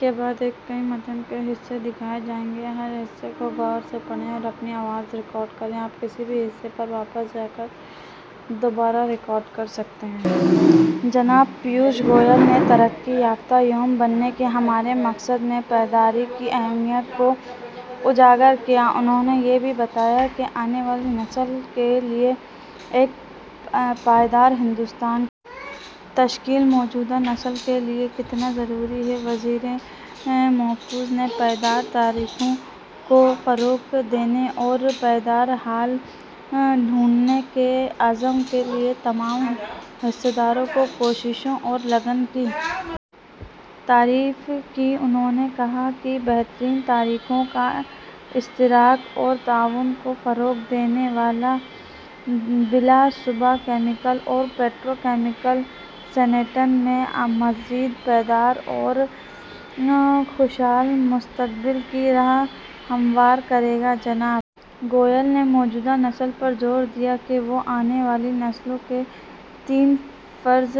جناب پیوش گوئل نے ترقی یافتہ قوم بننے کے ہمارے مقصد میں پائیداری کی اہمیت کو اجاگر کیا انہوں نے یہ بھی بتایا کہ آنے والی نسل کے لیے ایک پائیدار ہندوستان کی تشکیل موجودہ نسل کے لیے کتنا ضروری ہے وزیر موصوف نے پائیدار طریقوں کو فروغ دینے اور پائیدار حل تلاش کرنے کے عزم کے لیے تمام حصص داروں کی کوششوں اور لگن کی تعریف کی انہوں نے کہا کہ بہترین طریقوں کا اشتراک اور تعاون کو فروغ دینا بلاشبہ کیمیکل اور پیٹرو کیمیکل صنعتوں میں مزید پائیدار اور خوشحال مستقبل کی راہ ہموار کرے گا جناب گوئل نے موجودہ نسل پر زور دیا کہ وہ آنے والی نسلوں کے تئیں فرض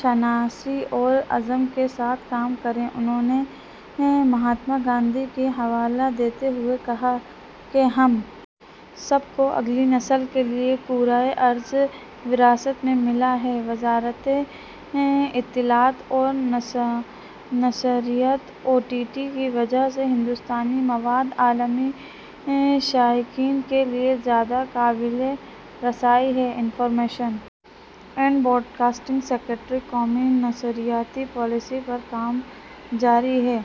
شناسی اور عزم کے ساتھ کام کریں انہوں نے مہاتما گاندھی کا حوالہ دیتے ہوئے کہا کہ ہم سب کو اگلی نسل کے لیے کرۂ ارض وراثت میں ملا ہے وزارت اطلاعات و نشریات او ٹی ٹی کی وجہ سے ہندوستانی مواد عالمی شائقین کے لیے زیادہ قابل رسائی ہے انفارمیشن اینڈ براڈکاسٹنگ سکریٹری قومی نشریاتی پالیسی پر کام جاری ہے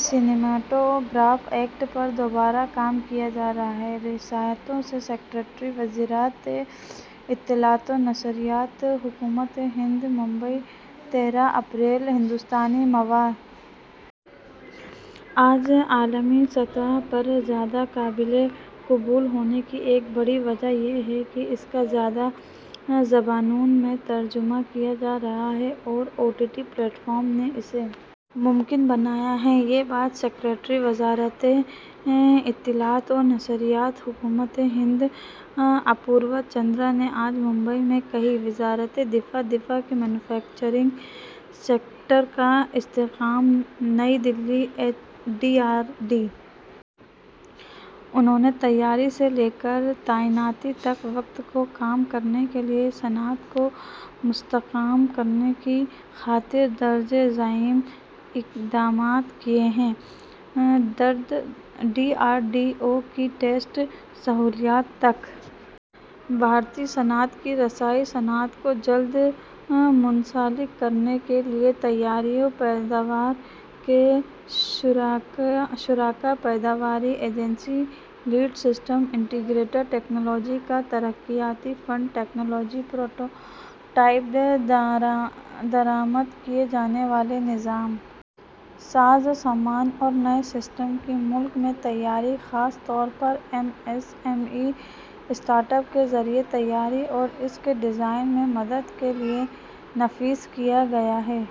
سنیماٹوگراف ایکٹ پر دوبارہ کام کیا جا رہا ہے ریاستوں کے سکریٹری وزارت اطلاعات و نشریات حکومت ہند ممبئی تیرہ اپریل ہندوستانی مواد آج عالمی سطح پر زیادہ قابل قبول ہونے کی ایک بڑی وجہ یہ ہے کہ اس کا زیادہ زبانوں میں ترجمہ کیا جا رہا ہے اور O T T platforms نے اسے ممکن بنایا ہے یہ بات سکریٹری وزارت اطلاعات و نشریات حکومت ہند اپوروا چندرا نے آج ممبئی میں کہی وزارت دفاع دفاع کے مینو فیکچرنگ سیکٹر کا استحکام Nai Delhi D R D O نے تیاری سے لے کر تعیناتی تک وقت کو کم کرنے کے لیے صنعت کو مستحکم کرنے کی خاطر مندرجہ ذیل اقدامات کیے ہیں ڈی آر ڈی او کی ٹیسٹ سہولیات تک بھارتی صنعت کی رسائی صنعت کو جلد مربوط کرنے کے لیے تیاری و پیداوار کے شراکت دار پیداواری agency lead system integrator technology کا ترقیاتی فنڈ ٹیکنالوجی پروٹوٹائپ درآمد کیے جانے والے نظام ساز و سامان اور نئے سسٹم کی ملک میں تیاری خاص طور پر M S M E startup کے ذریعے تیاری اور اس کے ڈیزائن میں مدد کے لیے نافذ کیا گیا ہے